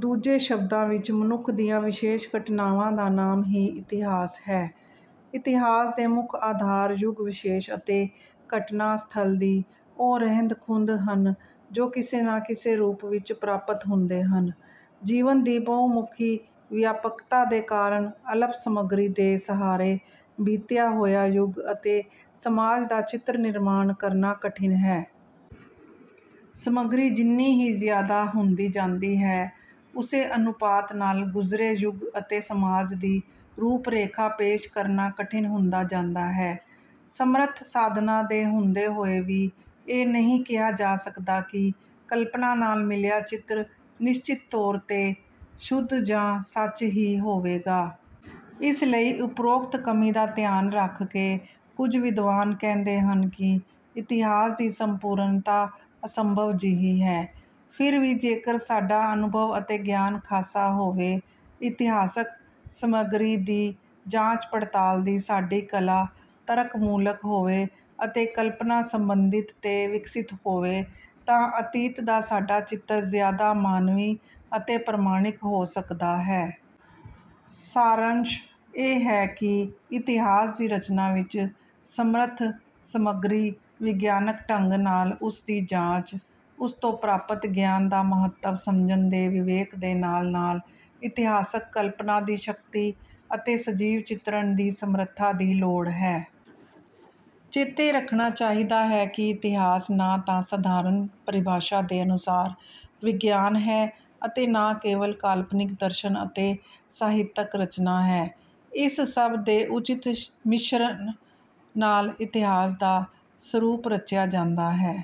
ਦੂਜੇ ਸ਼ਬਦਾਂ ਵਿੱਚ ਮਨੁੱਖ ਦੀਆਂ ਵਿਸ਼ੇਸ਼ ਘਟਨਾਵਾਂ ਦਾ ਨਾਮ ਹੀ ਇਤਿਹਾਸ ਹੈ। ਇਤਿਹਾਸ ਦੇ ਮੁੱਖ ਆਧਾਰ ਯੁਗ-ਵਿਸ਼ੇਸ਼ ਅਤੇ ਘਟਨਾ-ਸਥਲ ਦੀ ਉਹ ਰਹਿੰਦ-ਖੂਹੰਦ ਹਨ ਜੋ ਕਿਸੇ ਨਾ ਕਿਸੇ ਰੂਪ ਵਿੱਚ ਪ੍ਰਾਪਤ ਹੁੰਦੇ ਹਨ। ਜੀਵਨ ਦੀ ਬਹੁਮੁਖੀ ਵਿਆਪਕਤਾ ਦੇ ਕਾਰਨ ਅਲਪ ਸਮੱਗਰੀ ਦੇ ਸਹਾਰੇ ਬੀਤਿਆ ਹੋਇਆ ਯੁੱਗ ਅਤੇ ਸਮਾਜ ਦਾ ਚਿੱਤਰ-ਨਿਰਮਾਣ ਕਰਨਾ ਕਠਿਨ ਹੈ। ਸਮੱਗਰੀ ਜਿੰਨੀ ਹੀ ਜ਼ਿਆਦਾ ਹੁੰਦੀ ਜਾਂਦੀ ਹੈ, ਉਸੇ ਅਨੁਪਾਤ ਨਾਲ ਗੁਜ਼ਰੇ ਯੁੱਗ ਅਤੇ ਸਮਾਜ ਦੀ ਰੂਪ-ਰੇਖਾ ਪੇਸ਼ ਕਰਨਾ ਕਠਿਨ ਹੁੰਦਾ ਜਾਂਦਾ ਹੈ। ਸਮਰੱਥ ਸਾਧਨਾਂ ਦੇ ਹੁੰਦੇ ਹੋਏ ਵੀ ਇਹ ਨਹੀਂ ਕਿਹਾ ਜਾ ਸਕਦਾ ਕਿ ਕਲਪਨਾ ਨਾਲ ਮਿਲਿਆ ਚਿੱਤਰ ਨਿਸ਼ਚਿਤ ਤੌਰ 'ਤੇ ਸ਼ੁੱਧ ਜਾਂ ਸੱਚ ਹੀ ਹੋਵੇਗਾ। ਇਸ ਲਈ ਉਪਰੋਕਤ ਕਮੀ ਦਾ ਧਿਆਨ ਰੱਖ ਕੇ ਕੁੱਝ ਵਿਦਵਾਨ ਕਹਿੰਦੇ ਹਨ ਕਿ ਇਤਿਹਾਸ ਦੀ ਸੰਪੂਰਨਤਾ ਅਸੰਭਵ ਜਿਹੀ ਹੈ। ਫਿਰ ਵੀ ਜੇਕਰ ਸਾਡਾ ਅਨੁਭਵ ਅਤੇ ਗਿਆਨ ਖਾਸਾ ਹੋਵੇ, ਇਤਿਹਾਸਕ ਸਮੱਗਰੀ ਦੀ ਜਾਂਚ-ਪੜਤਾਲ ਦੀ ਸਾਡੀ ਕਲਾ ਤਰਕਮੂਲਕ ਹੋਵੇ ਅਤੇ ਕਲਪਨਾ ਸੰਬੰਧਿਤ ਤੇ ਵਿਕਸਿਤ ਹੋਵੇ, ਤਾਂ ਅਤੀਤ ਦਾ ਸਾਡਾ ਚਿੱਤਰ ਜ਼ਿਆਦਾ ਮਾਨਵੀ ਅਤੇ ਪ੍ਰਮਾਣਿਕ ਹੋ ਸਕਦਾ ਹੈ। ਸਾਰੰਸ਼ ਇਹ ਹੈ ਕਿ ਇਤਿਹਾਸ ਦੀ ਰਚਨਾ ਵਿੱਚ ਸਮਰੱਥ ਸਮੱਗਰੀ, ਵਿਗਿਆਨਕ ਢੰਗ ਨਾਲ ਉਸਦੀ ਜਾਂਚ, ਉਸ ਤੋਂ ਪ੍ਰਾਪਤ ਗਿਆਨ ਦਾ ਮਹੱਤਵ ਸਮਝਣ ਦੇ ਵਿਵੇਕ ਦੇ ਨਾਲ-ਨਾਲ ਇਤਿਹਾਸਕ ਕਲਪਨਾ ਦੀ ਸ਼ਕਤੀ ਅਤੇ ਸਜੀਵ ਚਿਤਰਣ ਦੀ ਸਮਰੱਥਾ ਦੀ ਲੋੜ ਹੈ। ਚੇਤੇ ਰੱਖਣਾ ਚਾਹੀਦਾ ਹੈ ਕਿ ਇਤਿਹਾਸ ਨਾ ਤਾਂ ਸਧਾਰਨ ਪਰਿਭਾਸ਼ਾ ਦੇ ਅਨੁਸਾਰ ਵਿਗਿਆਨ ਹੈ ਅਤੇ ਨਾ ਕੇਵਲ ਕਾਲਪਨਿਕ ਦਰਸ਼ਨ ਅਤੇ ਸਾਹਿਤਕ ਰਚਨਾ ਹੈ। ਇਸ ਸਭ ਦੇ ਉਚਿਤ ਮਿਸ਼ਰਣ ਨਾਲ ਇਤਿਹਾਸ ਦਾ ਸਰੂਪ ਰਚਿਆ ਜਾਂਦਾ ਹੈ।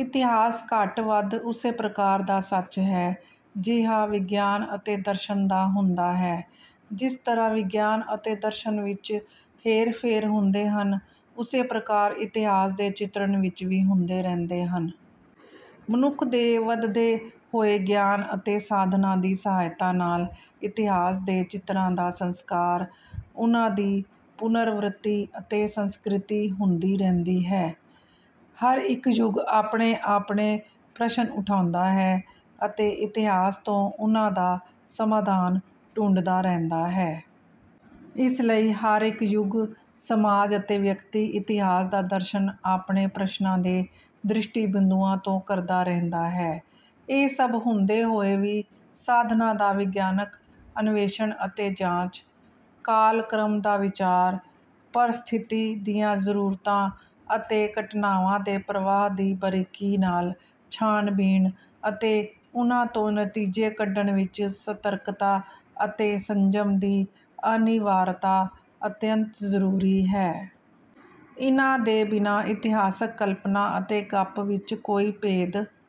ਇਤਿਹਾਸ ਘੱਟ-ਵੱਧ ਉਸੇ ਪ੍ਰਕਾਰ ਦਾ ਸੱਚ ਹੈ ਜਿਹਾ ਵਿਗਿਆਨ ਅਤੇ ਦਰਸ਼ਨ ਦਾ ਹੁੰਦਾ ਹੈ। ਜਿਸ ਤਰ੍ਹਾਂ ਵਿਗਿਆਨ ਅਤੇ ਦਰਸ਼ਨ ਵਿੱਚ ਹੇਰ-ਫੇਰ ਹੁੰਦੇ ਹਨ, ਉਸੇ ਪ੍ਰਕਾਰ ਇਤਿਹਾਸ ਦੇ ਚਿਤਰਣ ਵਿੱਚ ਵੀ ਹੁੰਦੇ ਰਹਿੰਦੇ ਹਨ। ਮਨੁੱਖ ਦੇ ਵੱਧਦੇ ਹੋਏ ਗਿਆਨ ਅਤੇ ਸਾਧਨਾਂ ਦੀ ਸਹਾਇਤਾ ਨਾਲ ਇਤਿਹਾਸ ਦੇ ਚਿੱਤਰਾਂ ਦਾ ਸੰਸਕਾਰ, ਉਨ੍ਹਾਂ ਦੀ ਪੁਨਰ-ਵ੍ਰੱਤੀ ਅਤੇ ਸੰਸਕ੍ਰਿਤੀ ਹੁੰਦੀ ਰਹਿੰਦੀ ਹੈ। ਹਰ ਇੱਕ ਯੁੱਗ ਆਪਣੇ-ਆਪਣੇ ਪ੍ਰਸ਼ਨ ਉਠਾਉਂਦਾ ਹੈ ਅਤੇ ਇਤਿਹਾਸ ਤੋਂ ਉਨ੍ਹਾਂ ਦਾ ਸਮਾਧਾਨ ਢੂੰਢਦਾ ਰਹਿੰਦਾ ਹੈ। ਇਸ ਲਈ ਹਰ ਇੱਕ ਯੁੱਗ, ਸਮਾਜ ਅਤੇ ਵਿਅਕਤੀ ਇਤਿਹਾਸ ਦਾ ਦਰਸ਼ਨ ਆਪਣੇ ਪ੍ਰਸ਼ਨਾਂ ਦੇ ਦ੍ਰਿਸ਼ਟੀ-ਬਿੰਦੂਆਂ ਤੋਂ ਕਰਦਾ ਰਹਿੰਦਾ ਹੈ। ਇਹ ਸਭ ਹੁੰਦੇ ਹੋਏ ਵੀ ਸਾਧਨਾਂ ਦਾ ਵਿਗਿਆਨਕ ਅਨਵੇਸ਼ਣ ਅਤੇ ਜਾਂਚ, ਕਾਲ-ਕ੍ਰਮ ਦਾ ਵਿਚਾਰ, ਪਰਿਸਥਿਤੀ ਦੀਆਂ ਜ਼ਰੂਰਤਾਂ ਅਤੇ ਘਟਨਾਵਾਂ ਦੇ ਪ੍ਰਵਾਹ ਦੀ ਬਰੀਕੀ ਨਾਲ ਛਾਣਬੀਣ ਅਤੇ ਉਨ੍ਹਾਂ ਤੋਂ ਨਤੀਜੇ ਕੱਢਣ ਵਿੱਚ ਸਰਤਕਤਾ ਅਤੇ ਸੰਜਮ ਦੀ ਅਨਿਵਾਰਤਾ ਅਤਿਅੰਤ ਜ਼ਰੂਰੀ ਹੈ। ਇਨ੍ਹਾਂ ਦੇ ਬਿਨਾਂ ਇਤਿਹਾਸਕ ਕਲਪਨਾ ਅਤੇ ਗੱਪ ਵਿੱਚ ਕੋਈ ਭੇਦ